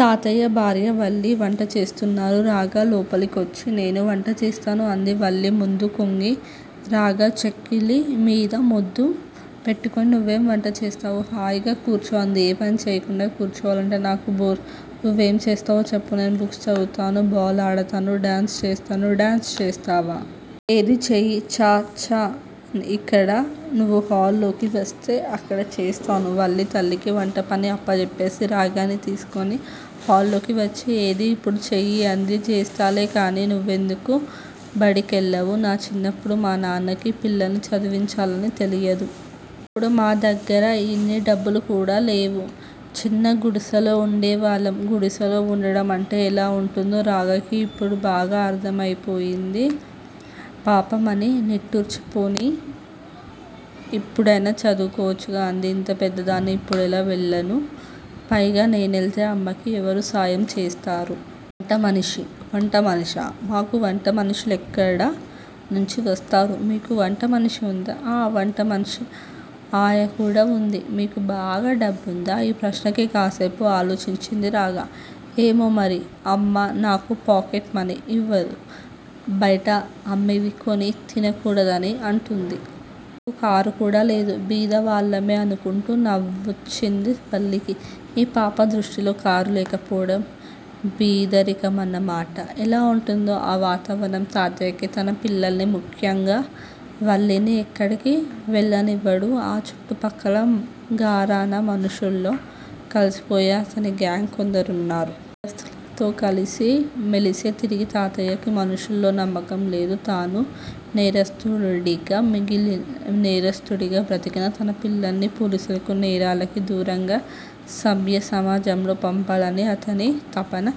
తాతయ్య భార్య, వల్లి వంట చేస్తున్నారు. రాగ లోపలికొచ్చి నేను వంట చేస్తాను అంది. వల్లి ముందు కొంగి రాగ చెక్కిలి మీద ముద్దు పెట్టుకుని, నువెం వంట చేస్తావు? హాయిగా కూర్చో అంది. ఏ పని చెయ్యకుండా కుర్చోవాలంటే నాకు బోర్ నువెం చేస్తావో చెప్పు నేను బుక్స్ చదువుతాను- బాల్ ఆడతాను- డాన్స్ చేస్తాను డాన్స్ చేస్తావా? ఏది చెయ్యి. ఛ ఛ! ఇక్కడా! నువు హాల్ లోకి వస్తే అక్కడ చేస్తాను. వల్లి తల్లికి వంట పని అప్పజెప్పేసి, రాగని తీసుకుని హాల్లోకి వచ్చి ఏది యిప్పుడు చెయ్యి అంది. చేస్తాలే కాని, నువెందుకు బడికెళ్ళవు? నా చిన్నప్పుడు మా నాన్నకి పిల్లల్ని చదివించాలని తెలియదు. అప్పుడు మా దగ్గిర యిన్ని డబ్బులు కూడా లేవు. చిన్న గుడిసెలో వుండే వాళ్ళం. గుడిసెలో వుండడం అంటే ఎలా వుంటుందో రాగకి యిప్పుడు బాగా అర్ధమైపోయింది. పాపం! అని నిట్టూర్చి పోనీ యిప్పుడైనా చదువుకోవచ్చుగా, అంది. ఇంత పెద్దదాన్ని ఇప్పుడెలా వెళ్ళను? పైగా నేనేల్తే అమ్మకి ఎవరు సాయం చేస్తారు? వంటమనిషి వంటమనిషా! మాకు వంటమనుష్యులెక్కడ నుంచి వస్తారు? మీకు వంట మనిషి ఉందా! ఆ! వంటమనిషి, ఆయా కూడా వుంది. మీకు బాగా డబ్బుందా? ఈ ప్రశ్నకి కాస్సేపు ఆలోచించింది రాగ. ఏమో మరి? అమ్మ నాకు పాకెట్ మని యివదు. బయట అమ్మేవి కొని తినకూడదని అంటుంది. మాకు కారు కూడా లేదు. బీదవాళ్ళమే అనుకుంటా నవొచ్చింది వల్లికి. ఈ పాప దృష్టిలో కారు లేకపోవడం బీదరికమన్నమాట. ఎలా వుంటుందో ఆ వాతావరణం. తాతయ్య తన పిల్లల్ని ముఖ్యంగా వల్లిని ఎక్కడికి వెళ్ళనివడు. ఆ చుట్టూ పక్కల ఘరానా మనుష్యులల్లో కలిసిపోయి అతని గేంగ్ వాళ్ళు కొందరున్నారు. నేరస్థులతో కలిసి మెలిసి తిరిగే తాతయ్యకి మనుష్యుల్లో నమ్మకం లేదు. తను నేరస్థుడిగా బ్రతికినా తన పిల్లల్ని పోలీసులకి, నేరాలకి దూరంగా సభ్య సమాజంలోకి పంపాలని అతని తపన.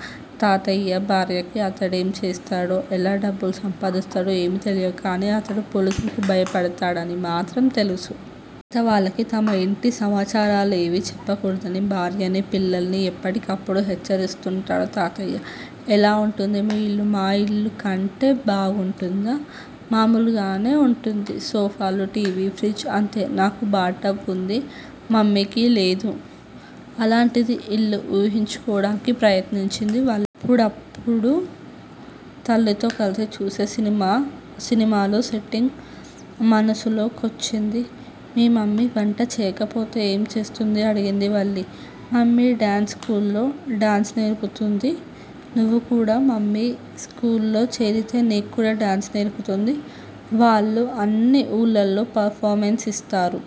తాతయ్య భార్యకి అతడెం చేస్తాడో? ఎలా డబ్బులు సంపాదిస్తాడో? ఏమి తెలియదు. కానీ అతడు పోలీసులకి భయపడతాడని మాత్రం తెలుసు. కొత్త వాళ్ళకి తమ యింటి సమాచారాలేమి చెప్పకూడదని, భార్యని, పిల్లలని ఎప్పటికప్పుడు హెచ్చరిస్తుంటాడు తాతయ్య. ఎలా వుంటుంది మీ యిల్లు? మా యిల్లు కంటే బాగుంటుందా? మాములుగానే వుంటుంది. సోఫాలు, టి. వి. ప్ర్హిజ్ అంతే నాకు బాత్ టబ్ వుంది. మమ్మికి లేదు. అలాంటి ఇల్లు ఉహించుకోడానికి ప్రయత్నించింది వల్ల్. అప్పుడప్పుడు తల్లితో కలిసి చూసే సినిమాలో సెట్టింగ్ మనసులో కొచ్చింది. మీ మమ్మీ వంట చేయకపోతే ఏం చేస్తుంది? అడిగింది వల్లి. మమ్మీ డాన్సు స్కూల్లో డాన్సు నేర్పుతుంది. నువు కూడా మమ్మీ స్కూల్లో చేరితే నిక్కుడా డాన్స్ నేర్పుతుంది. వాళ్ళు అన్నీ ఉళ్ళల్లో పెర్ ఫార్ మెన్స్ యిస్తారు.